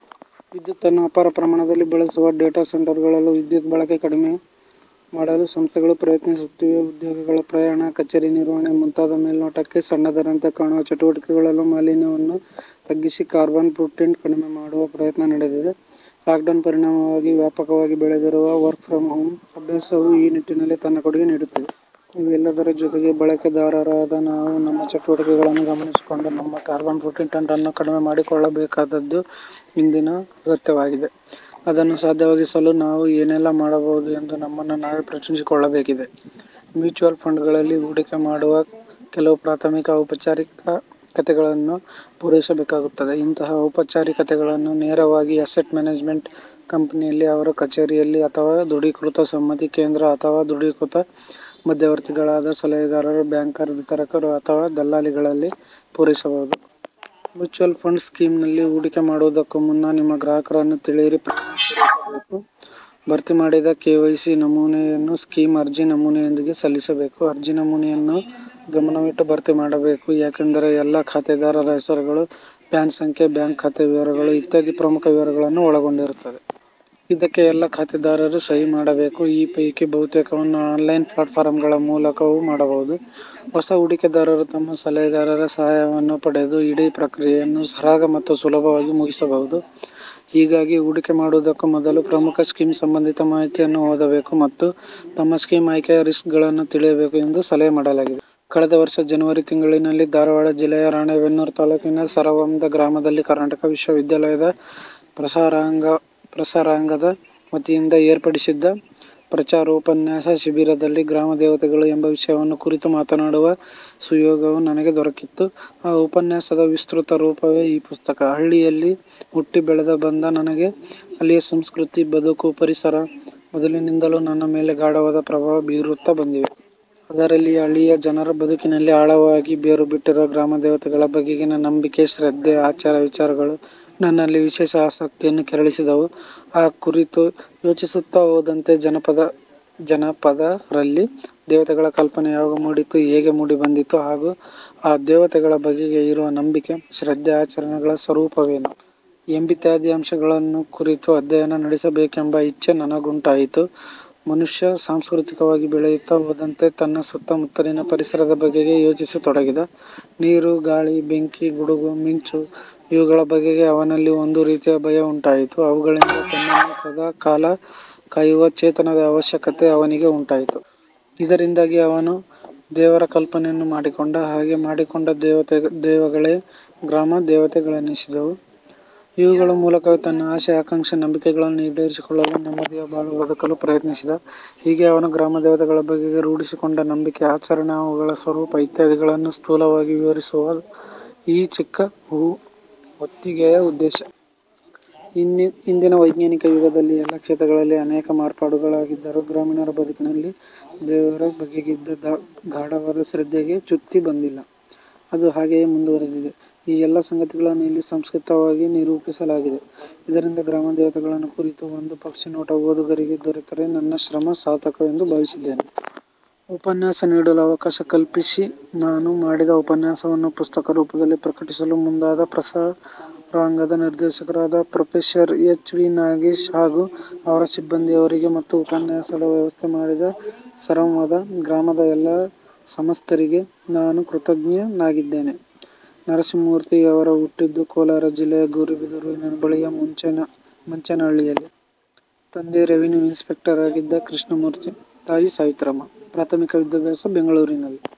ವಿದ್ಯುತ್ತನ್ನು ಅಪಾರ ಪ್ರಮಾಣದಲ್ಲಿ ಬಳಸುವ ಡೇಟಾಸೆಂಟರುಗಳಲ್ಲೂ ವಿದ್ಯುತ್ ಬಳಕೆ ಕಡಿಮೆ ಮಾಡಲು ಸಂಸ್ಥೆಗಳು ಪ್ರಯತ್ನಿಸುತ್ತಿವೆ. ಉದ್ಯೋಗಿಗಳ ಪ್ರಯಾಣ, ಕಚೇರಿ ನಿರ್ವಹಣೆ ಮುಂತಾದ ಮೇಲ್ನೋಟಕ್ಕೆ ಸಣ್ಣದರಂತೆ ಕಾಣುವ ಚಟುವಟಿಕೆಗಳಲ್ಲೂ ಮಾಲಿನ್ಯವನ್ನು ತಗ್ಗಿಸಿ ಕಾರ್ಬನ್ ಫುಟ್ಪ್ರಿಂಟ್ ಕಡಿಮೆ ಮಾಡುವ ಪ್ರಯತ್ನ ನಡೆದಿದೆ. ಲಾಕ್ಡೌನ್ ಪರಿಣಾಮವಾಗಿ ವ್ಯಾಪಕವಾಗಿ ಬೆಳೆದಿರುವ ವರ್ಕ್ ಫ್ರಮ್ ಹೋಮ್ ಅಭ್ಯಾಸವೂ ಈ ನಿಟ್ಟಿನಲ್ಲಿ ತನ್ನ ಕೊಡುಗೆ ನೀಡುತ್ತಿದೆ. ಇವೆಲ್ಲದರ ಜೊತೆಗೆ ಬಳಕೆದಾರರಾದ ನಾವೂ ನಮ್ಮ ಚಟುವಟಿಕೆಗಳನ್ನು ಗಮನಿಸಿಕೊಂಡು ನಮ್ಮ ಕಾರ್ಬನ್ ಫುಟ್ಪ್ರಿಂಟನ್ನೂ ಕಡಿಮೆಮಾಡಿಕೊಳ್ಳಬೇಕಾದ್ದು ಇಂದಿನ ಅಗತ್ಯವಾಗಿದೆ. ಅದನ್ನು ಸಾಧ್ಯವಾಗಿಸಲು ನಾವು ಏನೆಲ್ಲ ಮಾಡಬಹುದು ಎಂದು ನಮ್ಮನ್ನು ನಾವೇ ಪ್ರಶ್ನಿಸಿಕೊಳ್ಳಬೇಕಿದೆ. ಮ್ಯೂಚುವಲ್ ಫಂಡ್ಗಳಲ್ಲಿ ಹೂಡಿಕೆ ಮಾಡಲು ಕೆಲವು ಪ್ರಾಥಮಿಕ ಔಪಚಾರಿಕತೆಗಳನ್ನು ಪೂರೈಸಬೇಕಾಗುತ್ತದೆ. ಇಂತಹ ಔಪಚಾರಿಕತೆಗಳನ್ನು ನೇರವಾಗಿ ಅಸೆಟ್ ಮ್ಯಾನೇಜ್ಮೆಂಟ್ ಕಂಪನಿ ಯಲ್ಲಿ ಅವರ ಕಚೇರಿಯಲ್ಲಿ ಅಥವಾ ದೃಢೀಕೃತ ಸಮ್ಮತಿ ಕೇಂದ್ರ ಅಥವಾ ದೃಢೀಕೃತ ಮಧ್ಯವರ್ತಿಗಳಾದ ಸಲಹೆಗಾರರು, ಬ್ಯಾಂಕರ್, ವಿತರಕರು ಅಥವಾ ದಲ್ಲಾಳಿಗಳಲ್ಲಿ ಪೂರೈಸಬಹುದು. ಮ್ಯೂಚುವಲ್ ಫಂಡ್ ಸ್ಕೀಮ್ನಲ್ಲಿ ಹೂಡಿಕೆ ಮಾಡುವುದಕ್ಕೂ ಮುನ್ನ, ನಿಮ್ಮ ಗ್ರಾಹಕರನ್ನು ತಿಳಿಯಿರಿ ಪ್ರಕ್ರಿಯೆಯನ್ನು ಪೂರೈಸಬೇಕು. ಭರ್ತಿ ಮಾಡಿದ ಕೆವೈಸಿ ನಮೂನೆಯನ್ನು ಸ್ಕೀಮ್ ಅರ್ಜಿ ನಮೂನೆಯೊಂದಿಗೆ ಸಲ್ಲಿಸಬೇಕು. ಅರ್ಜಿ ನಮೂನೆಯನ್ನು ಗಮನವಿಟ್ಟು ಭರ್ತಿ ಮಾಡಬೇಕು. ಯಾಕೆಂದರೆ, ಎಲ್ಲ ಖಾತೆದಾರರ ಹೆಸರುಗಳು, ಪ್ಯಾನ್ ಸಂಖ್ಯೆ, ಬ್ಯಾಂಕ್ ಖಾತೆ ವಿವರಗಳು ಇತ್ಯಾದಿ ಪ್ರಮುಖ ವಿವರಗಳನ್ನು ಒಳಗೊಂಡಿರುತ್ತದೆ. ಇದಕ್ಕೆ ಎಲ್ಲ ಖಾತೆದಾರರೂ ಸಹಿ ಮಾಡಬೇಕು. ಈ ಪೈಕಿ ಬಹುತೇಕವನ್ನು ಆನ್ಲೈನ್ ಪ್ಲಾಟ್ಫಾರಂಗಳ ಮೂಲಕವೂ ಮಾಡಬಹುದು. ಹೊಸ ಹೂಡಿಕೆದಾರರು ತಮ್ಮ ಸಲಹೆಗಾರರ ಸಹಾಯವನ್ನು ಪಡೆದು ಇಡೀ ಪ್ರಕ್ರಿಯೆಯನ್ನು ಸರಾಗ ಮತ್ತು ಸುಲಭವಾಗಿ ಮುಗಿಸಬಹುದು. ಹೀಗಾಗಿ, ಹೂಡಿಕೆ ಮಾಡುವುದಕ್ಕೂ ಮೊದಲು ಪ್ರಮುಖ ಸ್ಕೀಮ್ ಸಂಬಂಧಿತ ಮಾಹಿತಿಯನ್ನು ಓದಬೇಕು ಮತ್ತು ತಮ್ಮ ಸ್ಕೀಮ್ ಆಯ್ಕೆಯ ರಿಸ್ಕ್ಗಳನ್ನು ತಿಳಿಯಬೇಕು ಎಂದು ಸಲಹೆ ಮಾಡಲಾಗಿದೆ. ಕಳೆದ ವರ್ಷ ಜನೆವರಿ ತಿಂಗಳಿನಲ್ಲಿ ಧಾರವಾಡ ಜಿಲ್ಲೆಯ ರಾಣೇಬೆನ್ನೂರ ತಾಲೂಕಿನ ಸರವಂದ ಗ್ರಾಮದಲ್ಲಿ ಕರ್ನಾಟಕ ವಿಶ್ವವಿದ್ಯಾಲಯದ ಪ್ರಸಾರಾಂಗದ ವತಿಯಿಂದ ಏರ್ಪಡಿಸಿದ್ದ ಪ್ರಚಾರೋಪನ್ಯಾಸ ಶಿಬಿರದಲ್ಲಿ 'ಗ್ರಾಮದೇವತೆಗಳು' ಎಂಬ ವಿಷಯವನ್ನು ಕುರಿತು ಮಾತನಾಡುವ ಸುಯೋಗವು ನನಗೆ ದೊರೆಕಿತ್ತು. ಆ ಉಪನ್ಯಾಸದ ವಿಸ್ತೃತರೂಪವೇ ಈ ಪಸ್ತಕ. ಹಳ್ಳಿಯಲ್ಲಿ ಹುಟ್ಟಿ ಬೆಳೆದು ಬಂದ ನನಗೆ ಅಲ್ಲಿಯ ಸಂಸ್ಕೃತಿ, ಬದುಕು, ಪರಿಸರ, ಮೊದಲಿನಿಂದಲೂ ನನ್ನ ಮೇಲೆ ಗಾಢವಾದ ಪ್ರಭಾವ ಬೀರುತ್ತ ಬಂದಿವೆ. ಅದರಲ್ಲಿಯೇ ಹಳ್ಳಿಯ ಜನರ ಬದುಕಿನಲ್ಲಿ ಆಳವಾಗಿ ಬೇರುಬಿಟ್ಟಿರುವ ಗ್ರಾಮದೇವತೆಗಳ ಬಗೆಗಿನ ನಂಬಿಕೆ, ಶ್ರದ್ಧೆ, ಆಚಾರ, ವಿಚಾರಗಳು, ನನ್ನಲ್ಲಿ ವಿಶೇಷ ಆಸಕ್ತಿಯನ್ನು ಕೆರಳಿಸಿದವು. ಆ ಕುರಿತು ಯೋಚಿಸುತ್ತ ಹೋದಂತೆ ಜನಪದರಲ್ಲಿ ದೇವತೆಗಳ ಕಲ್ಪನೆ ಯಾವಾಗ ಮೂಡಿತು. ಹೇಗೆ ಮೂಡಿಬಂದಿತು? ಹಾಗೂ ಆ ದೇವತೆಗಳ ಬಗೆಗೆ ಇರುವ ನಂಬಿಕೆ, ಶ್ರದ್ಧೆ ಆಚರಣೆಗಳ ಸ್ವರೂಪವೇನು? ಎಂಬಿತ್ಯಾದಿ ಅಂಶಗಳನ್ನು ಕುರಿತು ಅಧ್ಯಯನ ನಡೆಸಬೇಕೆಂಬ ಇಚ್ಛೆ ನನಗುಂಟಾಯಿತು. ಮನುಷ್ಯ ಸಾಂಸ್ಕೃತಿಕವಾಗಿ ಬೆಳೆಯುತ್ತ ಹೋದಂತೆ ತನ್ನ ಸುತ್ತ ಮುತ್ತಲಿನ ಪರಿಸರದ ಬಗೆಗೆ ಯೋಚಿಸತೊಡಗಿದ. ನೀರು, ಗಾಳಿ, ಬೆಂಕಿ, ಗುಡುಗು, ಮಿಂಚು ಇವುಗಳ ಬಗೆಗೆ ಅವನಲ್ಲಿ ಒಂದು ರೀತಿಯ ಭಯ ಉಂಟಾಯಿತು ಅವುಗಳಿಂದ ತನ್ನನ್ನು ಸದಾ ಕಾಲ ಕಾಯುವ ಚೇತನದ ಅವಶ್ಯಕತೆ ಅವನಿಗೆ ಉಂಟಾಯಿತು. ಇದರಿಂದಾಗಿ ಅವನು ದೇವರ ಕಲ್ಪನೆಯನ್ನು ಮಾಡಿಕೊಂಡ. ಹಾಗೆ ಮಾಡಿಕೊಂಡ ದೆವಗಳೇ ಗ್ರಾಮ ದೇವತೆಗಳೆನಿಸಿದವು. ಇವುಗಳ ಮೂಲಕ ತನ್ನ ಆಶೆ, ಆಕಾಂಕ್ಷೆ, ನಂಬಿಕೆಗಳನ್ನು ಈಡೇರಿಸಿಕೊಳ್ಳಲು, ನೆಮ್ಮದಿಯ ಬಾಳು ಬದುಕಲು ಪ್ರಯತ್ನಿಸಿದ. ಹೀಗೆ ಅವನು ಗ್ರಾಮದೇವತೆಗಳ ಬಗೆಗೆ ರೂಢಿಸಿಕೊಂಡ ನಂಬಿಕೆ, ಆಚರಣೆ, ಅವುಗಳ ಸ್ವರೂಪ ಇತ್ಯಾದಿಗಳನ್ನು ಸ್ಥೂಲವಾಗಿ ವಿವರಿಸುವದು ಈ ಚಿಕ್ಕ ಹೊತ್ತಿಗೆಯ ಉದ್ದೇಶ. ಇಂದಿನ ವೈಜ್ಞಾನಿಕಯುಗದಲ್ಲಿ ಎಲ್ಲ ಕ್ಷೇತ್ರಗಳಲ್ಲಿ ಅನೇಕ ಮಾರ್ಪಾಡುಗಳಾಗಿದ್ದರೂ ಗ್ರಾಮೀಣರ ಬದುಕಿನಲ್ಲಿ ದೇವರ ಬಗೆಗಿದ್ದ ಗಾಢವಾದ ಶ್ರದ್ಧೆಗೆ ಚ್ಯುತಿ ಬಂದಿಲ್ಲ. ಅದು ಹಾಗೆಯೇ ಮುಂದುವರೆದಿದೆ. ಈ ಎಲ್ಲ ಸಂಗತಿಗಳನ್ನು ಇಲ್ಲಿ ಸಂಕ್ಷಿಪ್ತವಾಗಿ ನಿರೂಪಿಸಲಾಗಿದೆ. ಇದರಿಂದ ಗ್ರಾಮದೇವತೆಗಳನ್ನು ಕುರಿತು ಒಂದು ಪಕ್ಷಿನೋಟ ಓದುಗರಿಗೆ ದೊರೆತರೆ ನನ್ನ ಶ್ರಮ ಸಾರ್ಥಕವೆಂದು ಭಾವಿಸಿದ್ದೇನೆ. ಉಪನ್ಯಾಸ ನೀಡಲು ಅವಕಾಶ ಕಲ್ಪಿಸಿ ನಾನು ಮಾಡಿದ ಉಪನ್ಯಾಸವನ್ನು ಪುಸ್ತಕ ರೂಪದಲ್ಲಿ ಪ್ರಕಟಿಸಲು ಮುಂದಾದ ಪ್ರಸಾರಾಂಗದ ನಿರ್ದೇಶಕರಾದ ಪ್ರೊ ಎಚ್. ವಿ. ನಾಗೇಶ್ ಹಾಗೂ ಅವರ ಸಿಬ್ಬಂದಿಯವರಿಗೆ, ಮತ್ತು ಉಪನ್ಯಾಸದ ವ್ಯವಸ್ಥೆ ಮಾಡಿದ ಸರವಂದ ಗ್ರಾಮದ ಎಲ್ಲ ಸಮಸ್ತರಿಗೆ ನಾನು ಕೃತಜ್ಞನಾಗಿದ್ದೇನೆ. ನರಸಿಂಹಮೂರ್ತಿಯವರು ಹುಟ್ಟಿದ್ದು ಕೋಲಾರ ಜಿಲ್ಲೆಯ ಗೌರಿಬಿದನೂರಿನ ಬಳಿಯ ಮಂಚೇನಹಳ್ಳಿಯಲ್ಲಿ. ತಂದೆ ರೆವಿನ್ಯೂ ಇನ್ಸ್ ಪೆಕ್ಟರಾಗಿದ್ದ ಕೃಷ್ಣಮೂರ್ತಿ, ತಾಯಿ ಸಾವಿತ್ರಮ್ಮ. ಪ್ರಾಥಮಿಕ ವಿದ್ಯಾಭ್ಯಾಸ ಬೆಂಗಳೂರಿನಲ್ಲಿ.